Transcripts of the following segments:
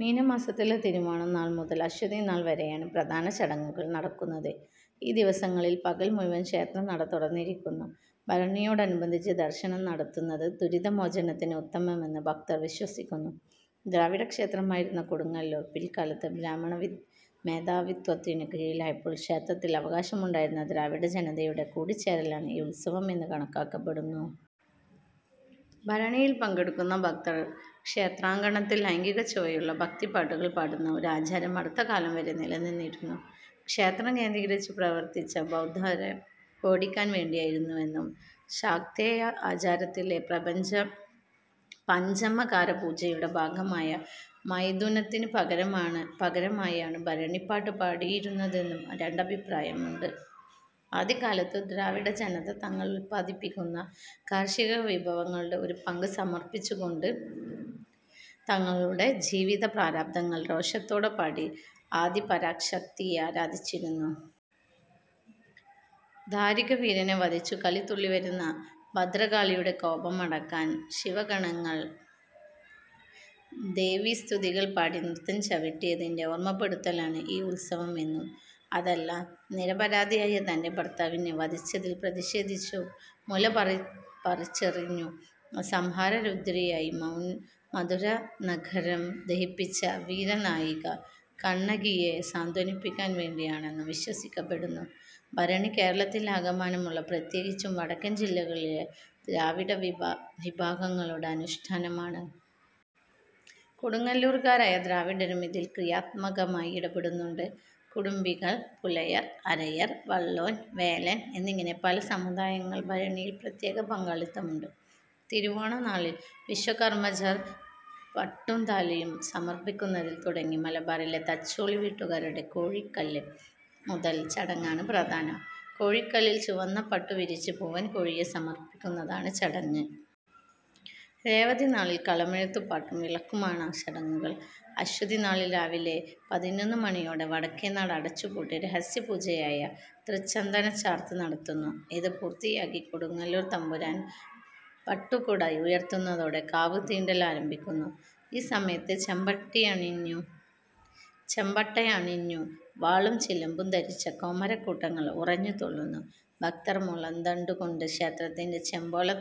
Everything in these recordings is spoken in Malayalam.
മീനമാസത്തിലെ തിരുവോണം നാൾ മുതൽ അശ്വതി നാൾ വരെയാണ് പ്രധാന ചടങ്ങുകൾ നടക്കുന്നത്. ഈ ദിവസങ്ങളിൽ പകൽ മുഴുവൻ ക്ഷേത്രനട തുറന്നിരിക്കുന്നു. ഭരണിയോടനുബന്ധിച്ചു ദർശനം നടത്തുന്നത് ദുരിതമോചനത്തിന് ഉത്തമമെന്ന് ഭക്തർ വിശ്വസിക്കുന്നു. ദ്രാവിഡ ക്ഷേത്രമായിരുന്ന കൊടുങ്ങല്ലൂർ പിൽക്കാലത്ത് ബ്രാഹ്മണ മേധാവിത്വത്തിന് കീഴിലായപ്പോൾ ക്ഷേത്രത്തിൽ അവകാശമുണ്ടായിരുന്ന ദ്രാവിഡ ജനതയുടെ കൂടിച്ചേരലാണ് ഈ ഉത്സവം എന്ന് കണക്കാക്കപ്പെടുന്നു. ഭരണിയിൽ പങ്കെടുക്കുന്ന ഭക്തർ ക്ഷേത്രാങ്കണത്തിൽ ലൈംഗികച്ചുവയുള്ള ഭക്തിപ്പാട്ടുകൾ പാടുന്ന ഒരു ആചാരം അടുത്തകാലം വരെ നിലനിന്നിരുന്നു. ക്ഷേത്രം കേന്ദ്രീകരിച്ചു പ്രവർത്തിച്ച ബൗദ്ധരെ ഓടിക്കാൻ വേണ്ടിയായിരുന്നുവെന്നും; ശാക്തേയ ആചാരത്തിലെ പഞ്ചമകാരപൂജയുടെ ഭാഗമായ മൈഥുനത്തിന് പകരമായാണ് ഭരണിപാട്ട് പാടിയിരുന്നതെന്നും രണ്ടഭിപ്രായമുണ്ട്. ആദ്യകാലത്തു ദ്രാവിഡജനത തങ്ങൾ ഉത്പാദിപ്പിക്കുന്ന കാർഷിക വിഭവങ്ങളുടെ ഒരു പങ്ക് സമർപ്പിച്ചുകൊണ്ട് തങ്ങളുടെ ജീവിത പ്രാരാബ്ധങ്ങൾ രോഷത്തോടെ പാടി ആദിപരാശക്തിയെ ആരാധിച്ചിരുന്നു. ദാരികവീരനെ വധിച്ചു കലിതുള്ളി വരുന്ന ഭദ്രകാളിയുടെ കോപമടക്കാൻ ശിവഗണങ്ങൾ ദേവീസ്തുതികൾ പാടി നൃത്തം ചവിട്ടിയതിന്റെ ഓർമപ്പെടുത്തലാണ് ഈ ഉത്സവം എന്നും; അതല്ല നിരപരാധിയായ തന്റെ ഭർത്താവിനെ വധിച്ചതിൽ പ്രതിഷേധിച്ചു മുലപറിച്ചെറിഞ്ഞു സംഹാരരുദ്രയായി മധുരാനഗരം ദഹിപ്പിച്ച വീരനായിക കണ്ണകിയെ സാന്ത്വനിപ്പിക്കാൻ വേണ്ടി ആണെന്നും വിശ്വസിക്കപ്പെടുന്നു. ഭരണി കേരളത്തിലാകമാനമുള്ള, പ്രത്യേകിച്ചും വടക്കൻ ജില്ലകളിലെ ദ്രാവിഡ വിഭാഗങ്ങളുടെ അനുഷ്ഠാനമാണ്. കൊടുങ്ങല്ലൂർക്കാരായ ദ്രാവിഡരും ഇതിൽ ക്രിയാത്മകമായി ഇടപെടുന്നുണ്ട്. കുടുംബികൾ, പുലയർ, അരയർ, വള്ളോൻ, വേലൻ എന്നിങ്ങനെ പല സമുദായങ്ങൾക്ക് ഭരണിയിൽ പ്രത്യേക പങ്കാളിത്തമുണ്ട്. തിരുവോണം നാളിൽ വിശ്വകർമ്മജർ പട്ടും താലിയും സമർപ്പിക്കുന്നതിൽ തുടങ്ങി മലബാറിലെ തച്ചോളി വീട്ടുകാരുടെ "കോഴിക്കല്ല് മൂടൽ" ചടങ്ങാണ് പ്രധാനം. കോഴിക്കല്ലിൽ ചുവന്ന പട്ടു വിരിച്ചു പൂവൻകോഴിയെ സമർപ്പിക്കുന്നതാണ് ചടങ്ങ്. രേവതി നാളിൽ കളമെഴുത്തു പാട്ടും വിളക്കും ആണ് ചടങ്ങുകൾ. അശ്വതി നാളിൽ രാവിലെ പതിനൊന്ന് മണിയോടെ വടക്കേനട അടച്ചുപൂട്ടി രഹസ്യപൂജയായ "തൃച്ചന്ദനചാർത്ത്" നടത്തുന്നു. ഇത് പൂർത്തിയാക്കി കൊടുങ്ങല്ലൂർ തമ്പുരാൻ പട്ടുകുട ഉയർത്തുന്നതോടെ "കാവ് തീണ്ടൽ" ആരംഭിക്കുന്നു. ഈ സമയത്ത് ചെമ്പട്ടണിഞ്ഞു വാളും ചിലമ്പും ധരിച്ച കോമരക്കൂട്ടങ്ങൾ ഉറഞ്ഞു തുള്ളുന്നു; ഭക്തർ മുളന്തണ്ടു കൊണ്ട് ക്ഷേത്രത്തിന്റെ ചെമ്പോല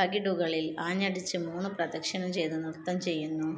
തകിടുകളിൽ ആഞ്ഞടിച്ചു മൂന്ന് പ്രദക്ഷിണം ചെയ്തു നൃത്തം ചെയ്യുന്നു.